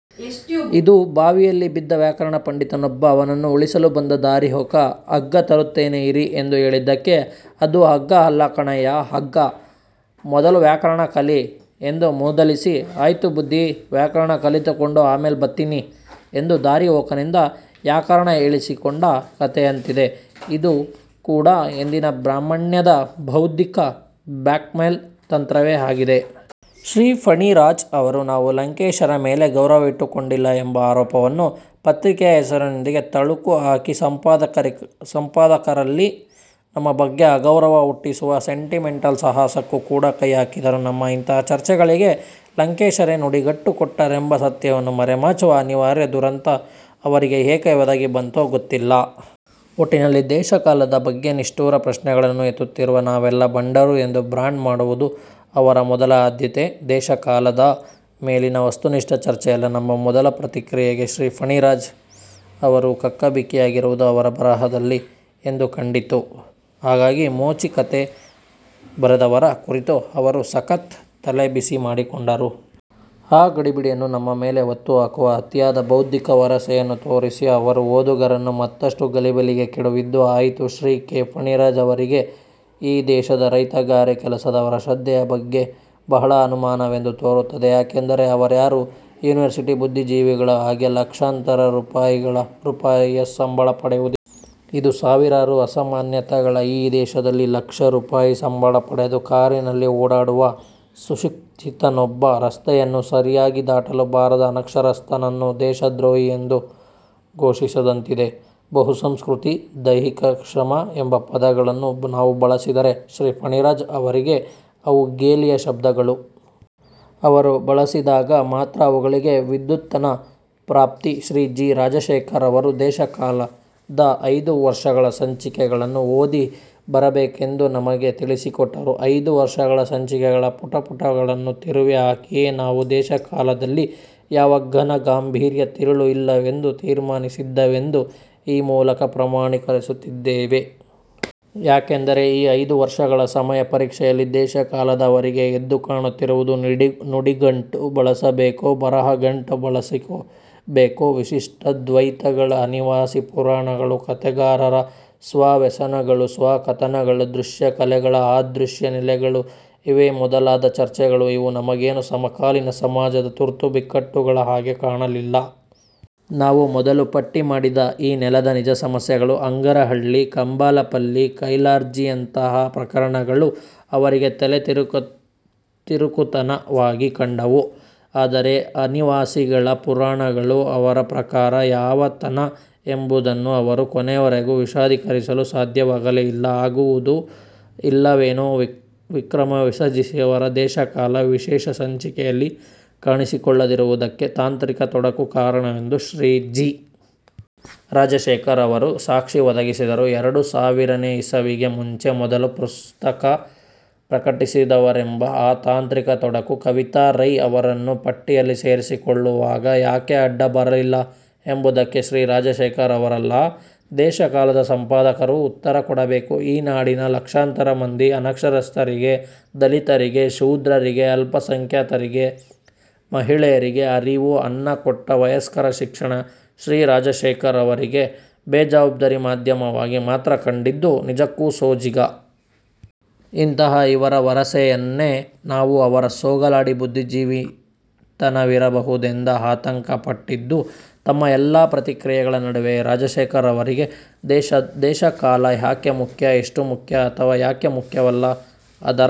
ಇದು ಬಾವಿಯಲ್ಲಿ ಬಿದ್ದ ವ್ಯಾಕರಣ ಪಂಡಿತನೊಬ್ಬ ಅವನನ್ನು ಉಳಿಸಲು ಬಂದ ದಾರಿಹೋಕ 'ಅಗ್ಗ ತರುತ್ತೇನೆ ಇರಿ' ಎಂದು ಹೇಳಿದ್ದಕ್ಕೆ, 'ಅದು 'ಅಗ್ಗ' ಅಲ್ಲ ಕಣಯ್ಯ 'ಹಗ್ಗ', ಮೊದಲು ವ್ಯಾಕರಣ ಕಲಿ' ಎಂದು ಮೂದಲಿಸಿ 'ಆಯ್ತು ಬುದ್ಧಿ, ವ್ಯಾಕರಣ ಕಲಿತುಕೊಂಡು ಆಮೇಲೆ ಬತ್ತೀನಿ' ಎಂದು ದಾರಿಹೋಕನಿಂದ 'ಯಾಕರಣ' ಹೇಳಿಸಿಕೊಂಡ ಕಥೆಯಂತಿದೆ ಇದೂ ಕೂಡ ಎಂದಿನ 'ಬ್ರಾಹ್ಮಣ್ಯ'ದ ಬೌದ್ಧಿಕ ಬ್ಲ್ಯಾಕ್ಮೇಲ್ ತಂತ್ರವೇ ಆಗಿದೆ. ಶ್ರೀ ಫಣಿರಾಜ್ ಅವರು ನಾವು ಲಂಕೇಶರ ಮೇಲೆ ಗೌರವವಿಟ್ಟುಕೊಂಡಿಲ್ಲ ಎಂಬ ಆರೋಪವನ್ನು ಪತ್ರಿಕೆಯ ಹೆಸರಿನೊಂದಿಗೆ ತಳುಕು ಹಾಕಿ ಸಂಪಾದಕರಲ್ಲಿ ನಮ್ಮ ಬಗ್ಗೆ ಅಗೌರವ ಹುಟ್ಟಿಸುವ 'ಸೆಂಟಿಮೆಂಟಲ್ ಸಾಹಸ'ಕ್ಕೂ ಕೂಡ ಕೈ ಹಾಕಿದರು. ನಮ್ಮ ಇಂತಹ ಚರ್ಚೆಗಳಿಗೆ ಲಂಕೇಶರೇ ನುಡಿಗಟ್ಟು ಕೊಟ್ಟರೆಂಬ ಸತ್ಯವನ್ನು ಮರೆಮಾಚುವ ಅನಿವಾರ್ಯ ದುರಂತ ಅವರಿಗೆ ಏಕೆ ಒದಗಿ ಬಂತೋ ಗೊತ್ತಿಲ್ಲ. ಒಟ್ಟಿನಲ್ಲಿ 'ದೇಶಕಾಲ'ದ ಬಗ್ಗೆ ನಿಷ್ಠುರ ಪ್ರಶ್ನೆಗಳನ್ನು ಎತ್ತುತ್ತಿರುವ ನಾವೆಲ್ಲ 'ಭಂಡರು' ಎಂದು ಬ್ರಾಂಡ್ ಮಾಡುವುದು ಅವರ ಮೊದಲ ಆದ್ಯತೆ 'ದೇಶಕಾಲ'ದ ಮೇಲಿನ ವಸ್ತುನಿಷ್ಠ ಚರ್ಚೆಯಲ್ಲ. ನಮ್ಮ ಮೊದಲ ಪ್ರತಿಕ್ರಿಯೆಗೆ ಶ್ರೀ ಫಣಿರಾಜ್ ಅವರು ಕಕ್ಕಾಬಿಕ್ಕಿಯಾಗಿರುವುದು ಅವರ ಬರಹದಲ್ಲಿ ಎದ್ದು ಕಂಡಿತು. ಹಾಗಾಗಿ 'ಮೋಚಿ' ಕಥೆ ಬರೆದವರ ಕುರಿತು ಅವರು 'ಸಖತ್' ತಲೆ ಬಿಸಿ ಮಾಡಿಕೊಂಡರು. ಆ ಗಡಿಬಿಡಿಯನ್ನು ನಮ್ಮ ಮೇಲೆ ಹೊತ್ತುಹಾಕುವ ಅತಿಯಾದ 'ಬೌದ್ಧಿಕ ವರಸೆ'ಯನ್ನೂ ತೋರಿಸಿ ಅವರು ಓದುಗರನ್ನು ಮತ್ತಷ್ಟು ಗಲಿಬಿಲಿಗೆ ಕೆಡವಿದ್ದೂ ಆಯಿತು. ಶ್ರೀ ಕೆ. ಫಣಿರಾಜ್ ಅವರಿಗೆ ಈ ದೇಶದ ರೈತ ಗಾರೆ ಕೆಲಸದವರ ಶ್ರದ್ಧೆಯ ಬಗ್ಗೆ ಬಹಳ ಅನುಮಾನವೆಂದು ತೋರುತ್ತದೆ. ಯಾಕೆಂದರೆ ಅವರ್ಯಾರೂ ಯುನಿವರ್ಸಿಟಿ ಬುದ್ಧಿಜೀವಿಗಳ ಹಾಗೆ ಲಕ್ಷಾಂತರ ರೂಪಾಯಿಯ ಸಂಬಳ ಪಡೆಯುವುದಿಲ್ಲ. ಇದು ಸಾವಿರಾರು ಅಸಮಾನತೆಗಳ ಈ ದೇಶದಲ್ಲಿ ಲಕ್ಷ ರೂಪಾಯಿ ಸಂಬಳ ಪಡೆದು ಕಾರಿನಲ್ಲಿ ಓಡಾಡುವ 'ಸುಶಿಕ್ಷಿತ'ನೊಬ್ಬ ರಸ್ತೆಯನ್ನು ಸರಿಯಾಗಿ ದಾಟಲು ಬಾರದ ಅನಕ್ಷರಸ್ಥನನ್ನು ದೇಶದ್ರೋಹಿಯೆಂದು ಘೋಷಿಸಿದಂತಿದೆ. 'ಬಹು ಸಂಸ್ಕೃತಿ', 'ದೈಹಿಕ ಶ್ರಮ' ಎಂಬ ಪದಗಳನ್ನು ನಾವು ಬಳಸಿದರೆ ಶ್ರೀ ಫಣಿರಾಜ್ ಅವರಿಗೆ ಅವು ಗೇಲಿಯ ಶಬ್ದಗಳು. ಅವರು ಬಳಸಿದಾಗ ಮಾತ್ರ ಅವುಗಳಿಗೆ 'ವಿದ್ವತ್ತನ' ಪ್ರಾಪ್ತಿ. ಶ್ರೀ ಜಿ. ರಾಜಶೇಖರ್ ಅವರು 'ದೇಶಕಾಲ'ದ ಐದೂ ವರ್ಷಗಳ ಸಂಚಿಕೆಗಳನ್ನು ಓದಿ ಬರಬೇಕೆಂದು ನಮಗೆ ತಿಳಿಸಿಕೊಟ್ಟರು. ಐದೂ ವರ್ಷಗಳ ಸಂಚಿಕೆಗಳ ಪುಟಪುಟಗಳನ್ನೂ ತಿರುವಿ ಹಾಕಿಯೇ ನಾವು 'ದೇಶಕಾಲ'ದಲ್ಲಿ ಯಾವ ಘನ ಗಾಂಭೀರ್ಯ ತಿರುಳೂ ಇಲ್ಲವೆಂದು ತೀರ್ಮಾನಿಸಿದ್ದೇವೆಂದು ಈ ಮೂಲಕ ಪ್ರಮಾಣೀಕರಿಸುತ್ತಿದ್ದೇವೆ. ಯಾಕೆಂದರೆ ಈ ಐದು ವರ್ಷಗಳ 'ಸಮಯ ಪರೀಕ್ಷೆ'ಯಲ್ಲಿ 'ದೇಶಕಾಲ'ದವರಿಗೆ ಎದ್ದು ಕಾಣುತ್ತಿರುವುದು 'ನುಡಿ ಫಾಂಟ್ ಬಳಸಬೇಕೋ, ಬರಹ ಫಾಂಟ್ ಬಳಸಬೇಕೋ', 'ವಿಶಿಷ್ಟಾದ್ವೈತಿಗಳ ಅನಿವಾಸಿ ಪುರಾಣಗಳು', 'ಕಥೆಗಾರರ ಸ್ವ-ವ್ಯಸನಗಳು- ಸ್ವ-ಕಥನಗಳು', 'ದೃಶ್ಯಕಲೆಗಳ ಅ-ದೃಶ್ಯ ನೆಲೆಗಳು' ಇವೇ ಮೊದಲಾದ ಚರ್ಚೆಗಳು. ಇವು ನಮಗೇನೂ ಸಮಕಾಲೀನ ಸಮಾಜದ ತುರ್ತು ಬಿಕ್ಕಟ್ಟುಗಳ ಹಾಗೆ ಕಾಣಲಿಲ್ಲ. ನಾವು ಮೊದಲು ಪಟ್ಟಿ ಮಾಡಿದ ಈ ನೆಲದ ನಿಜಸಮಸ್ಯೆಗಳು, ಹಂಗರಹಳ್ಳಿ, ಕಂಬಾಲಪಲ್ಲಿ, ಖೈರ್ಲಾಂಜಿಯಂತಹ ಪ್ರಕರಣಗಳು ಅವರಿಗೆ 'ತಲೆತಿರುಕತನ'ವಾಗಿ ಕಂಡವು. ಆದರೆ 'ಅನಿವಾಸಿಗಳ ಪುರಾಣಗಳು' ಅವರ ಪ್ರಕಾರ ಯಾವ 'ತನ' ಎಂಬುದನ್ನು ಅವರು ಕೊನೆಯವರೆಗೂ ವಿಶದೀಕರಿಸಲು ಸಾಧ್ಯವಾಗಲೇ ಇಲ್ಲ. ಆಗುವುದೂ ಇಲ್ಲವೇನೋ? ವಿಕ್ರಮ ವಿಸಾಜಿಯವರು 'ದೇಶಕಾಲ' ವಿಶೇಷ ಸಂಚಿಕೆಯಲ್ಲಿ ಕಾಣಿಸಿಕೊಳ್ಳದಿರುವುದಕ್ಕೆ ತಾಂತ್ರಿಕ ತೊಡಕು ಕಾರಣವೆಂದು ಶ್ರೀ ಜಿ. ರಾಜಶೇಖರ್ ಅವರು ಸಾಕ್ಷಿ ಒದಗಿಸಿದರು. ಎರಡು ಸಾವಿರನೇ ಇಸವಿಗೂ ಮುಂಚೆ ಮೊದಲ ಪುಸ್ತಕ ಪ್ರಕಟಿಸಿದವರೆಂಬ ಆ 'ತಾಂತ್ರಿಕ ತೊಡಕು' ಕವಿತಾ ರೈ ಅವರನ್ನು ಪಟ್ಟಿಯಲ್ಲಿ ಸೇರಿಸಿಕೊಳ್ಳುವಾಗ ಯಾಕೆ ಅಡ್ಡ ಬರಲಿಲ್ಲ ಎಂಬುದಕ್ಕೆ ಶ್ರೀ ರಾಜಶೇಖರ್ ಅವರಲ್ಲ. 'ದೇಶಕಾಲ'ದ ಸಂಪಾದಕರು ಉತ್ತರ ಕೊಡಬೇಕು. ಈ ನಾಡಿನ ಲಕ್ಷಾಂತರ ಮಂದಿ ಅನಕ್ಷರಸ್ಥರಿಗೆ, ದಲಿತರಿಗೆ, ಶೂದ್ರರಿಗೆ, ಅಲ್ಪ ಸಂಖ್ಯಾತರಿಗೆ, ಮಹಿಳೆಯರಿಗೆ ಅರಿವು, ಅನ್ನ ಕೊಟ್ಟ ವಯಸ್ಕರ ಶಿಕ್ಷಣ ಶ್ರೀ ರಾಜಶೇಖರ್ ಅವರಿಗೆ 'ಬೇಜವಾಬ್ದಾರಿ ಮಾಧ್ಯಮ'ವಾಗಿ ಮಾತ್ರ ಕಂಡಿದ್ದು ನಿಜಕ್ಕೂ ಸೋಜಿಗ. ಇಂತಹ ಇವರ ವರಸೆಯನ್ನೇ ನಾವು ಅವರ ಸೋಗಲಾಡಿ ಬುದ್ಧಿಜೀವಿತನವಿರಬಹುದೆಂದು ಆತಂಕ ಪಟ್ಟಿದ್ದು. ತಮ್ಮ ಎಲ್ಲಾ ಪ್ರತಿಕ್ರಿಯೆಗಳ ನಡುವೆಯೂ ರಾಜಶೇಖರ್ ಅವರಿಗೆ 'ದೇಶ ಕಾಲ' ಯಾಕೆ ಮುಖ್ಯ, ಎಷ್ಟು ಮುಖ್ಯ, ಅಥವಾ ಯಾಕೆ ಮುಖ್ಯವಲ್ಲ ಅದರ